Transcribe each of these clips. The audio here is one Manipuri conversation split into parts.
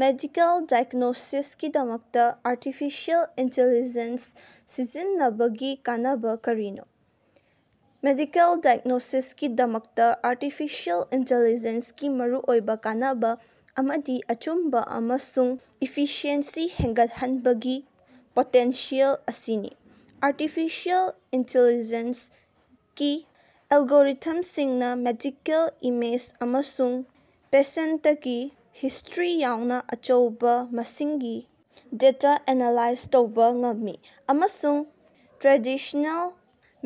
ꯃꯦꯗꯤꯀꯦꯜ ꯗꯥꯏꯒ꯭꯭ꯅꯣꯁꯤꯁꯀꯤꯗꯃꯛꯇ ꯑꯥꯔꯇꯤꯐꯤꯁꯤꯑꯦꯜ ꯏꯟꯇꯤꯂꯤꯖꯦꯟꯁ ꯁꯤꯖꯤꯟꯅꯕꯒꯤ ꯀꯥꯟꯅꯕ ꯀꯔꯤꯅꯣ? ꯃꯦꯗꯤꯀꯦꯜ ꯗꯥꯏꯒ꯭ꯅꯣꯁꯤꯁꯀꯤꯗꯃꯛꯇ ꯑꯥꯔꯇꯤꯐꯤꯁꯤꯑꯦꯜ ꯏꯟꯇꯤꯂꯤꯖꯦꯟꯁ ꯒꯤ ꯃꯔꯨꯑꯣꯏꯕ ꯀꯥꯟꯅꯕ ꯑꯃꯗꯤ ꯑꯆꯨꯝꯕ ꯑꯃꯁꯨꯡ ꯏꯐꯤꯁꯤꯑꯦꯟꯁꯤ ꯍꯦꯟꯒꯠꯍꯟꯕꯒꯤ ꯄꯣꯇꯦꯟꯁꯤꯌꯦꯜ ꯑꯁꯤꯅꯤ꯫ ꯑꯥꯔꯇꯤꯐꯤꯁꯤꯑꯦꯜ ꯏꯟꯇꯤꯂꯤꯖꯦꯟꯁ ꯀꯤ ꯑꯦꯜꯒꯣꯔꯤꯊꯝꯁꯤꯡꯅ ꯃꯦꯗꯤꯀꯦꯜ ꯏꯃꯦꯖ ꯑꯃꯁꯨꯡ ꯄꯦꯁꯦꯟꯇꯀꯤ ꯍꯤꯁꯇ꯭ꯔꯤ ꯌꯥꯎꯅ ꯑꯆꯧꯕ ꯃꯁꯤꯡꯒꯤ ꯗꯦꯇꯥ ꯑꯦꯅꯥꯂꯥꯏꯖ ꯇꯧꯕ ꯉꯝꯃꯤ ꯑꯃꯁꯨꯡ ꯇ꯭ꯔꯦꯗꯤꯁ꯭ꯅꯦꯜ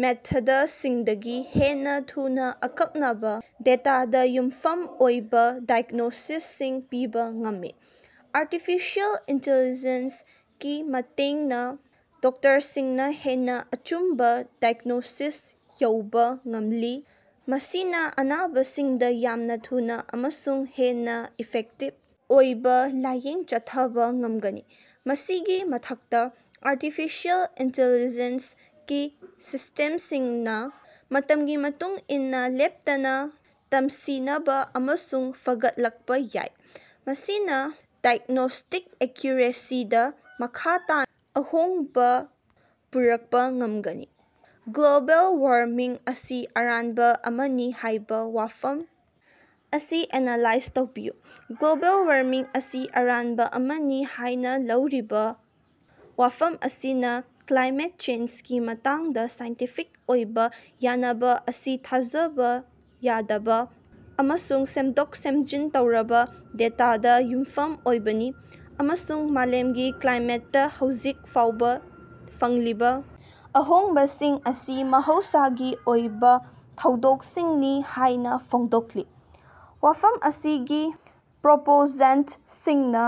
ꯃꯦꯊꯗꯁꯤꯡꯗꯒꯤ ꯍꯦꯟꯅ ꯊꯨꯅ ꯑꯀꯛꯅꯕ, ꯗꯦꯇꯥꯗ ꯌꯨꯝꯐꯝ ꯑꯣꯏꯕ ꯗꯥꯏꯒ꯭ꯅꯣꯁꯤꯁꯁꯤꯡ ꯄꯤꯕ ꯉꯝꯃꯤ꯫ ꯑꯥꯔꯇꯤꯐꯤꯁꯤꯑꯦꯜ ꯏꯟꯇꯤꯂꯤꯖꯦꯟꯁ ꯀꯤ ꯃꯇꯦꯡꯅ ꯗꯣꯛꯇꯔꯁꯤꯡꯅ ꯍꯦꯟꯅ ꯑꯆꯨꯝꯕ ꯗꯥꯏꯒ꯭ꯅꯣꯁꯤꯁꯁꯤꯡ ꯌꯧꯕ ꯉꯝꯂꯤ, ꯃꯁꯤꯅ ꯑꯅꯥꯕꯁꯤꯡꯗ ꯌꯥꯝꯅ ꯊꯨꯅ ꯑꯃꯁꯨꯡ ꯍꯦꯟꯅ ꯏꯐꯦꯛꯇꯤꯕ ꯑꯣꯏꯕ ꯂꯥꯌꯦꯡ ꯆꯠꯊꯕ ꯉꯝꯒꯅꯤ꯫ ꯃꯁꯤꯒꯤ ꯃꯊꯛꯇ, ꯑꯥꯔꯇꯤꯐꯤꯁꯤꯑꯦꯜ ꯏꯟꯇꯤꯂꯤꯖꯦꯟꯁ ꯀꯤ ꯁꯤꯁꯇꯦꯝꯁꯤꯡꯅ ꯃꯇꯝꯒꯤ ꯃꯇꯨꯡ ꯏꯟꯅ ꯂꯦꯞꯇꯅ ꯇꯝꯁꯤꯅꯕ ꯑꯃꯁꯨꯡ ꯐꯒꯠꯂꯛꯄ ꯌꯥꯏ, ꯃꯁꯤꯅ ꯗꯥꯏꯒ꯭ꯅꯣꯁꯇꯤꯛ ꯑꯦꯀ꯭ꯌꯨꯔꯦꯁꯤꯗ ꯃꯈꯥ ꯇꯥꯅ ꯑꯍꯣꯡꯕ ꯄꯨꯔꯛꯄ ꯉꯝꯒꯅꯤ꯫ ꯒ꯭ꯂꯣꯕꯦꯜ ꯋꯥꯔꯃꯤꯡ ꯑꯁꯤ ꯑꯔꯥꯟꯕ ꯑꯃꯅꯤ ꯍꯥꯏꯕ ꯋꯥꯐꯝ ꯑꯁꯤ ꯑꯦꯅꯥꯂꯥꯏꯖ ꯇꯧꯕꯤꯌꯨ꯫ ꯒ꯭ꯂꯣꯕꯦꯜ ꯋꯥꯔꯃꯤꯡ ꯑꯁꯤ ꯑꯔꯥꯟꯕ ꯑꯃꯅꯤ ꯍꯥꯏꯅ ꯂꯧꯔꯤꯕ ꯋꯥꯐꯝ ꯑꯁꯤꯅ ꯀ꯭ꯂꯥꯏꯃꯦꯠ ꯆꯦꯟꯖꯒꯤ ꯃꯇꯥꯡꯗ ꯁꯥꯏꯟꯇꯤꯐꯤꯛ ꯑꯣꯏꯕ ꯌꯥꯅꯕ ꯑꯁꯤ ꯊꯥꯖꯕ ꯌꯥꯗꯕ ꯑꯃꯁꯨꯡ ꯁꯦꯝꯗꯣꯛ-ꯁꯦꯝꯖꯤꯟ ꯇꯧꯔꯕ ꯗꯦꯇꯥꯗ ꯌꯨꯝꯐꯝ ꯑꯣꯏꯕꯅꯤ, ꯑꯃꯁꯨꯡ ꯃꯥꯂꯦꯝꯒꯤ ꯀ꯭ꯂꯥꯏꯃꯦꯠꯇ‌ ꯍꯧꯖꯤꯛ ꯎꯕꯥ ꯐꯪꯂꯤꯕ ꯑꯍꯣꯡꯕꯁꯤꯡ ꯑꯁꯤ ꯃꯍꯧꯁꯥꯒꯤ ꯑꯣꯏꯕ ꯊꯧꯗꯣꯛꯁꯤꯡꯅꯤ ꯍꯥꯏꯅ ꯐꯣꯡꯗꯣꯛꯂꯤ꯫ ꯋꯥꯐꯝ ꯑꯁꯤꯒꯤ ꯄ꯭ꯔꯣꯄꯣꯖꯦꯟꯇꯁꯤꯡꯅ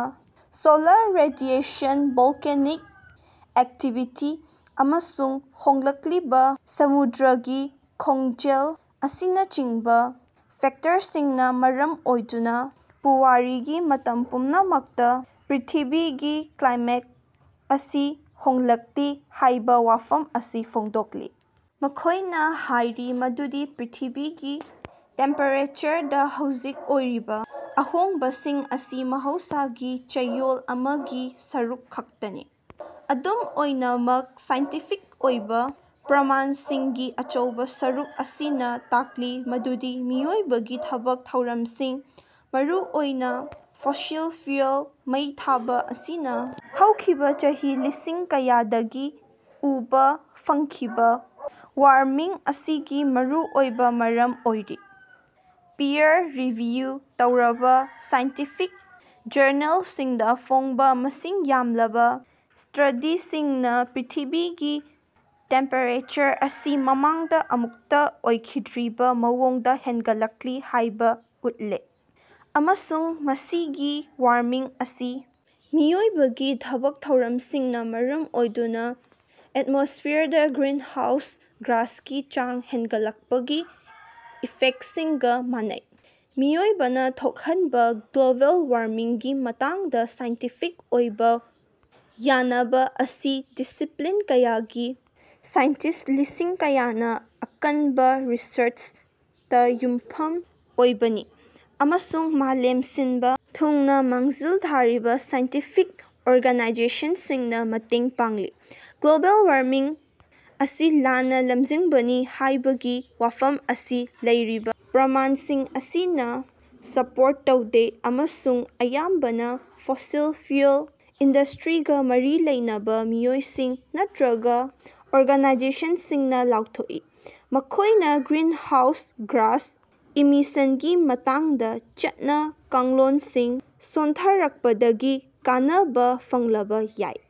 ꯁꯣꯂꯥꯔ ꯔꯦꯗꯤꯑꯦꯁꯟ, ꯚꯣꯜꯀꯦꯅꯤꯛ ꯑꯦꯛꯇꯤꯚꯤꯇꯤ, ꯑꯃꯁꯨꯡ ꯍꯣꯡꯂꯛꯂꯤꯕ ꯁꯃꯨꯗ꯭ꯔꯒꯤ ꯈꯣꯡꯖꯦꯜ ꯑꯁꯤꯅꯆꯤꯡꯕ ꯐꯦꯛꯇꯔꯁꯤꯡꯅ ꯃꯔꯝ ꯑꯣꯏꯗꯨꯅ ꯄꯨꯋꯥꯔꯤꯒꯤ ꯃꯇꯝ ꯄꯨꯝꯅꯃꯛꯇ ꯄ꯭ꯔꯤꯊꯤꯕꯤꯒꯤ ꯀ꯭ꯂꯥꯏꯃꯦꯠ ꯑꯁꯤ ꯍꯣꯡꯂꯛꯂꯤ ꯍꯥꯏꯕ ꯋꯥꯐꯝ ꯑꯁꯤ ꯐꯣꯡꯗꯣꯛꯂꯤ꯫ ꯃꯈꯣꯏꯅ ꯍꯥꯏꯔꯤ ꯃꯗꯨꯗꯤ ꯄ꯭ꯔꯤꯊꯤꯕꯤꯒꯤ ꯇꯦꯝꯄꯦꯔꯦꯆꯔꯗ‌ ꯍꯧꯖꯤꯛ ꯑꯣꯏꯔꯤꯕ ꯑꯍꯣꯡꯕꯁꯤꯡ ꯑꯁꯤ ꯃꯍꯧꯁꯥꯒꯤ ꯆꯌꯣꯜ ꯑꯃꯒꯤ ꯁꯔꯨꯛ ꯈꯛꯇꯅꯤ꯫ ꯑꯗꯨꯝ ꯑꯣꯏꯅꯃꯛ, ꯁꯥꯏꯟꯇꯤꯐꯤꯛ ꯑꯣꯏꯕ ꯄ꯭ꯔꯃꯥꯟꯁꯤꯡꯒꯤ ꯑꯆꯧꯕ ꯁꯔꯨꯛ ꯑꯁꯤꯅ ꯇꯥꯛꯂꯤ ꯃꯗꯨꯗꯤ ꯃꯤꯑꯣꯏꯕꯒꯤ ꯊꯕꯛ ꯊꯧꯔꯝꯁꯤꯡ, ꯃꯔꯨꯑꯣꯏꯅ ꯐꯣꯁꯤꯜ ꯐ꯭ꯌꯨꯑꯦꯜ ꯃꯩ ꯊꯥꯕ ꯑꯁꯤꯅ ꯍꯧꯈꯤꯕ ꯆꯍꯤ ꯂꯤꯁꯤꯡ ꯀꯌꯥꯗꯒꯤ ꯎꯕꯥ ꯐꯪꯈꯤꯕ ꯋꯥꯔꯃꯤꯡ ꯑꯁꯤꯒꯤ ꯃꯔꯨꯑꯣꯏꯕ ꯃꯔꯝ ꯑꯣꯏꯔꯤ꯫ ꯄꯤꯌꯔ-ꯔꯤꯚꯤꯌꯨ ꯇꯧꯔꯕ ꯁꯥꯏꯟꯇꯤꯐꯤꯛ ꯖꯔꯅꯦꯜꯁꯤꯡꯗ ꯐꯣꯡꯕ‌ ꯃꯁꯤꯡ ꯌꯥꯝꯂꯕ ꯁ꯭ꯇꯗꯤꯁꯤꯡꯅ ꯄ꯭ꯔꯤꯊꯤꯕꯤꯒꯤ ꯇꯦꯝꯄꯦꯔꯦꯆꯔ ꯑꯁꯤ ꯃꯃꯥꯡꯗ ꯑꯃꯨꯛꯇ ꯑꯣꯏꯈꯤꯗ꯭ꯔꯤꯕ ꯃꯑꯣꯡꯗ ꯍꯦꯟꯒꯠꯂꯛꯂꯤ ꯍꯥꯏꯕ ꯎꯠꯂꯦ, ꯑꯃꯁꯨꯡ ꯃꯁꯤꯒꯤ ꯋꯥꯔꯃꯤꯡ ꯑꯁꯤ ꯃꯤꯑꯣꯏꯕꯒꯤ ꯊꯕꯛ ꯊꯧꯔꯝꯁꯤꯡꯅ ꯃꯔꯝ ꯑꯣꯏꯗꯨꯅ ꯑꯦꯠꯃꯣꯁ꯭ꯐꯤꯌꯔꯗ ꯒ꯭ꯔꯤꯟꯍꯥꯎꯁ ꯒ꯭ꯌꯥꯁꯀꯤ ꯆꯥꯡ ꯍꯦꯟꯒꯠꯂꯛꯄꯒꯤ ꯏꯐꯦꯛꯇꯁꯤꯡꯒ ꯃꯥꯟꯅꯩ꯫ ꯃꯤꯑꯣꯏꯕꯅ ꯊꯣꯛꯍꯟꯕ ꯒ꯭ꯂꯣꯕꯦꯜ ꯋꯥꯔꯃꯤꯡꯒꯤ ꯃꯇꯥꯡꯗ ꯁꯥꯏꯟꯇꯤꯐꯤꯛ ꯑꯣꯏꯕ‌ ꯌꯥꯅꯕ ꯑꯁꯤ ꯗꯤꯁꯤꯄ꯭ꯂꯤꯟ ꯀꯌꯥꯒꯤ ꯁꯥꯏꯟꯇꯤꯁꯠ ꯂꯤꯁꯤꯡ ꯀꯌꯥꯅ ꯑꯀꯟꯕ ꯔꯤꯁꯔꯆꯇ ꯌꯨꯝꯐꯝ ꯑꯣꯏꯕꯅꯤ, ꯑꯃꯁꯨꯡ ꯃꯥꯂꯦꯝ ꯁꯤꯟꯕ ꯊꯨꯡꯅ ꯃꯥꯡꯖꯤꯜ ꯊꯥꯔꯤꯕ ꯁꯥꯏꯟꯇꯤꯐꯤꯛ ꯑꯣꯔꯒꯥꯅꯥꯏꯖꯦꯁꯟꯁꯤꯡꯅ‌ ꯃꯇꯦꯡ ꯄꯥꯡꯂꯤ꯫ ꯒ꯭ꯂꯣꯕꯦꯜ ꯋꯥꯔꯃꯤꯡ ꯑꯁꯤ ꯂꯥꯟꯅ ꯂꯝꯖꯤꯡꯕꯅꯤ ꯍꯥꯏꯕꯒꯤ ꯋꯥꯐꯝ ꯑꯁꯤ ꯂꯩꯔꯤꯕ ꯄ꯭ꯔꯃꯥꯟꯁꯤꯡ ꯑꯁꯤꯅ ꯁꯄꯣꯔꯠ ꯇꯧꯗꯦ ꯑꯃꯁꯨꯡ ꯑꯌꯥꯝꯕꯅ ꯐꯣꯁꯤꯜ ꯐ꯭ꯌꯨꯑꯦꯜ ꯏꯟꯗꯁꯇ꯭ꯔꯤꯒ‌ ꯃꯔꯤ ꯂꯩꯅꯕ ꯃꯤꯑꯣꯏꯁꯤꯡ ꯅꯠꯇꯔꯒ ꯑꯣꯔꯒꯅꯥꯏꯖꯦꯁꯟꯁꯤꯡꯅ ꯂꯥꯎꯊꯣꯛꯏ, ꯃꯈꯣꯏꯅ ꯒ꯭ꯔꯤꯟꯍꯥꯎꯁ ꯒ꯭ꯌꯥꯁ ꯏꯃꯤꯁꯟꯒꯤ ꯃꯇꯥꯡꯗ ꯆꯠꯅ-ꯀꯥꯡꯂꯣꯟꯁꯤꯡ ꯁꯣꯟꯊꯔꯛꯄꯗꯒꯤ ꯀꯥꯟꯅꯕ ꯐꯪꯂꯕ ꯌꯥꯏ꯫